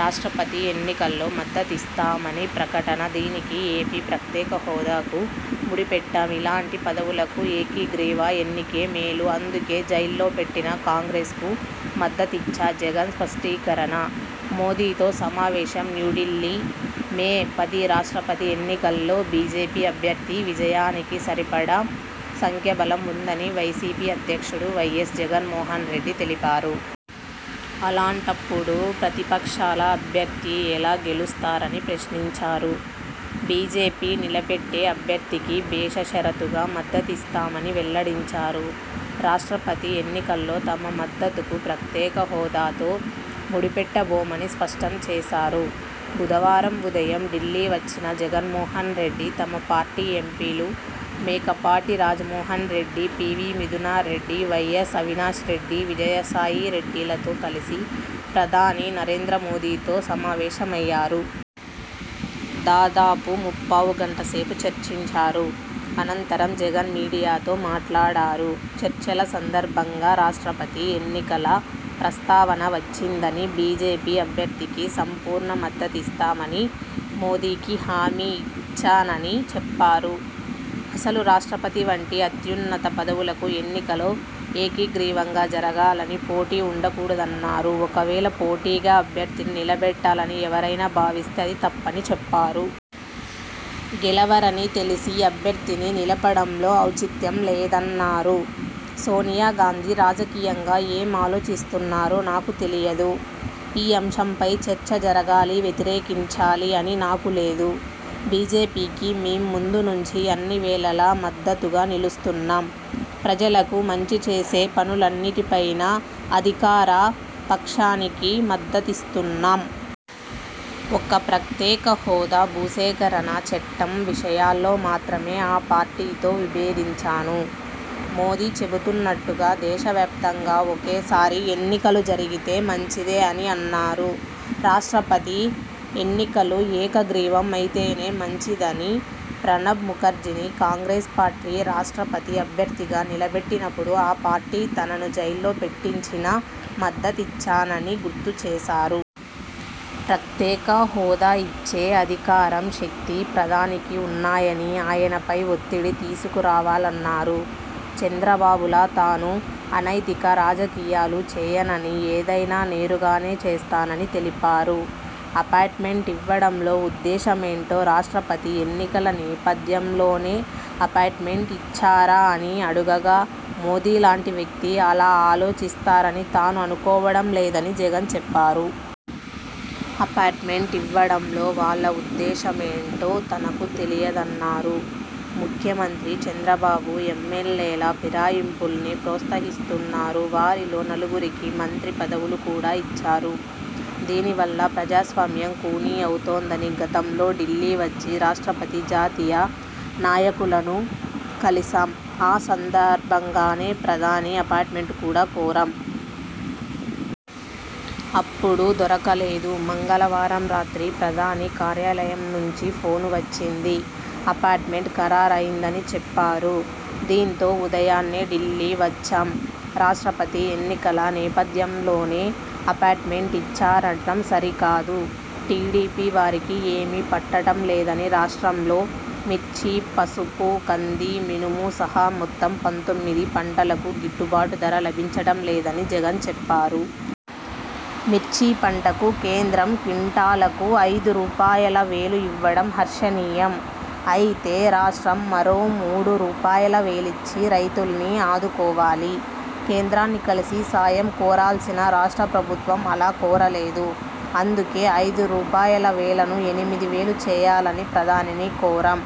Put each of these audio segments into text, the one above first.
రాష్ట్రపతి ఎన్నికలో మద్దతిస్తామని ప్రకటనదీనికి, ఏపీ ప్రత్యేక హోదాకు ముడిపెట్టంఇలాంటి పదవులకు ఏకగ్రీవ ఎన్నికే మేలుఅందుకే జైల్లో పెట్టినా కాంగ్రెస్కు మద్దతిచ్చాజగన్ స్పష్టీకరణ.. మోదీతో సమావేశంన్యూఢిల్లీ, మే పది రాష్ట్రపతి ఎన్నికలో బీజేపీ అభ్యర్థి విజయానికి సరిపడా సంఖ్యాబలం ఉందని వైసీపీ అధ్యక్షుడు వైఎస్ జగన్మోహన్ రెడ్డి తెలిపారు. అలాంటప్పుడు ప్రతిపక్షాల అభ్యర్థి ఎలా గెలుస్తారని ప్రశ్నించారు. బీజేపీ నిలబెట్టే అభ్యర్థికి బేషరతుగా మద్దతిస్తామని వెల్లడించారు. రాష్ట్రపతి ఎన్నికలో తమ మద్దతుకు ప్రత్యేక హోదాతో ముడిపెట్టబోమని స్పష్టం చేశారు. బుధవారం ఉదయం ఢిల్లీ వచ్చిన జగన్మోహన్ రెడ్డి తమ పార్టీ ఎంపీలు మేకపాటి రాజమోహన్రెడ్డి, పీవీ మిథునరెడ్డి, వైఎస్ అవినా్షరెడ్డి, విజయసాయిరెడ్డిలతో కలిసి ప్రధాని నరేంద్ర మోదీతో సమావేశమయ్యారు. దాదాపు ముప్పావుగంట సేపు చర్చించారు. అనంతరం జగన్ మీడియాతో మాట్లాడారు. చర్చల సందర్భంగా రాష్ట్రపతి ఎన్నికల ప్రస్తావన వచ్చిందని, బీజేపీ అభ్యర్థికి సంపూర్ణ మద్దతిస్తామని మోదీకి హామీ ఇచ్చానని చెప్పారు. అసలు రాష్ట్రపతి వంటి అత్యున్నత పదవులకు ఎన్నికలు ఏకగ్రీవంగా జరగాలని, పోటీ ఉండకూడదన్నారు. ఒకవేళ పోటీగా అభ్యర్థిని నిలబెట్టాలని ఎవరైనా భావిస్తే అది తప్పని చెప్పారు. గెలవరని తెలిసీ అభ్యర్థిని నిలపడంలో ఔచిత్యం లేదన్నారు. 'సోనియాగాంధీ రాజకీయంగా ఏం ఆలోచిస్తున్నారో నాకు తెలియదు. ఈ అంశంపై చర్చ జరగాలి, వ్యతిరేకించాలి అని నాకు లేదు. బీజేపీకి మేం ముందు నుంచీ అన్నివేళలా మద్దతుగా నిలుస్తున్నాం. ప్రజలకు మంచి చేసే పనులన్నిటిపైనా అధికార పక్షానికి మద్దతిస్తున్నాం. ఒక్క ప్రత్యేక హోదా, భూసేకరణ చట్టం విషయాల్లో మాత్రమే ఆ పార్టీతో విభేదించాను. మోదీ చెబుతున్నట్లుగా దేశవ్యాప్తంగా ఒకేసారి ఎన్నికలు జరిగితే మంచిదే' అని అన్నారు. రాష్ట్రపతి ఎన్నికలు ఏకగ్రీవం అయితేనే మంచిదని, ప్రణబ్ ముఖర్జీని కాంగ్రెస్ పార్టీ రాష్ట్రపతి అభ్యర్థిగా నిలబెట్టినప్పుడు ఆ పార్టీ తనను జైల్లో పెట్టించినా మద్దతిచ్చానని గుర్తుచేశారు. ప్రత్యేక హోదా ఇచ్చే అధికారం, శక్తి ప్రధానికి ఉన్నాయని, ఆయనపై ఒత్తిడి తీసుకురావాలన్నారు. చంద్రబాబులా తాను అనైతిక రాజకీయాలు చేయనని, ఏదైనా నేరుగానే చేస్తానని తెలిపారు. అపాయింట్మెంట్ ఇవ్వడంలో ఉద్దేశమేంటో రాష్ట్రపతి ఎన్నికల నేపథ్యంలోనే అపాయింట్మెంట్ ఇచ్చారా అని అడుగగా.. మోదీలాంటి వ్యక్తి అలా ఆలోచిస్తారని తాను అనుకోవడం లేదని జగన్ చెప్పారు. అపాయింట్మెంట్ ఇవ్వడంలో వాళ్ల ఉద్దేశమేంటో తనకు తెలియదన్నారు. 'ముఖ్యమంత్రి చంద్రబాబు ఎమ్మెల్యేల ఫిరాయింపుల్ని ప్రోత్సహిస్తున్నారు. వారిలో నలుగురికి మంత్రి పదవులు కూడా ఇచ్చారు. దీనివల్ల ప్రజాస్వామ్యం ఖూనీ అవుతోందని గతంలో ఢిల్లీ వచ్చి రాష్ట్రపతి, జాతీయ నాయకులను కలిశాం. ఆ సందర్భంగానే ప్రధాని అపాయింట్మెంట్ కూడా కోరాం. అప్పుడు దొరకలేదు. మంగళవారం రాత్రి ప్రధాని కార్యాలయం నుంచి ఫోన్ వచ్చింది. అపాయింట్మెంట్ ఖరారైందని చెప్పారు. దీంతో ఉదయాన్నే ఢిల్లీ వచ్చాం. రాష్ట్రపతి ఎన్నికల నేపథ్యంలోనే అపాయింట్మెంట్ ఇచ్చారనడం సరికాదు. టీడీపీ వారికి ఏమీ పట్టడం లేదని, రాష్ట్రంలో మిర్చి, పసుపు, కంది, మినుము సహా మొత్తం పంతొమ్మిది పంటలకు గిట్టుబాటు ధర లభించడం లేదని జగన్ చెప్పారు. 'మిర్చి పంటకు కేంద్రం క్వింటాలుకు ఐదు రూపాయలువేలు ఇవ్వడం హర్షణీయం. అయితే రాష్ట్రం మరో మూడు రూపాయలువేలిచ్చి రైతుల్ని ఆదుకోవాలి. కేంద్రాన్ని కలిసి సాయం కోరాల్సిన రాష్ట్ర ప్రభుత్వం అలా కోరలేదు. అందుకే ఐదు రూపాయలువేలను ఎనిమిది వేలు చేయాలని ప్రధానిని కోరాం.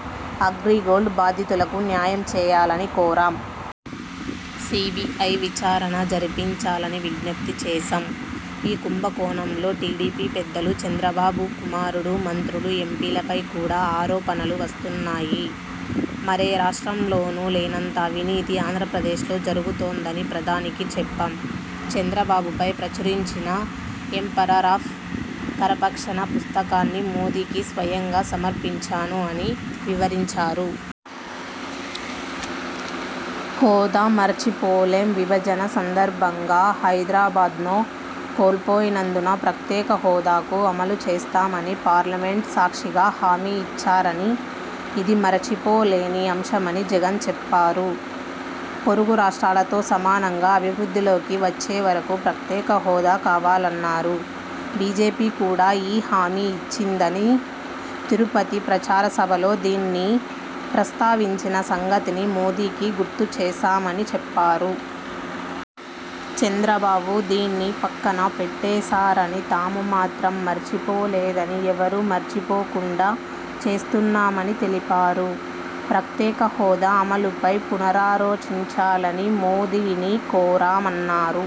అగ్రిగోల్డ్ బాధితులకు న్యాయం చేయాలనీ కోరాం. సీబీఐ విచారణ జరిపించాలని విజ్ఞప్తి చేశాం. ఈ కుంభకోణంలో టీడీపీ పెద్దలు, చంద్రబాబు కుమారుడు, మంత్రులు, ఎంపీలపై కూడా ఆరోపణలు వస్తున్నాయి. మరే రాష్ట్రంలోనూ లేనంత అవినీతి ఆంధ్రప్రదేశలో జరుగుతోందని ప్రధానికి చెప్పాం. చంద్రబాబుపై ప్రచురించిన 'ఎంపరర్ ఆఫ్ కరప్షన' పుస్తకాన్ని మోదీకి స్వయంగా సమర్పించాను' అని వివరించారు. హోదా మరచిపోలేంవిభజన సందర్భంగా హైదరాబాద్ను కోల్పోయినందున ప్రత్యేక హోదాను అమలు చేస్తామని పార్లమెంటు సాక్షిగా హామీ ఇచ్చారని, ఇది మరచిపోలేని అంశమని జగన్ చెప్పారు. పొరుగు రాష్ట్రాలతో సమానంగా అభివృద్ధిలోకి వచ్చేవరకూ ప్రత్యేక హోదా కావాలన్నారు. బీజేపీ కూడా ఈ హామీ ఇచ్చిందని, తిరుపతి ప్రచార సభలో దీన్ని ప్రస్తావించిన సంగతిని మోదీకి గుర్తుచేశామని చెప్పారు. చంద్రబాబు దీన్ని పక్కన పెట్టేశారని, తాము మాత్రం మరచిపోలేదని, ఎవరూ మరచిపోకుండా చేస్తున్నామని తెలిపారు. ప్రత్యేక హోదా అమలుపై పునరాలోచించాలని మోదీని కోరామన్నారు.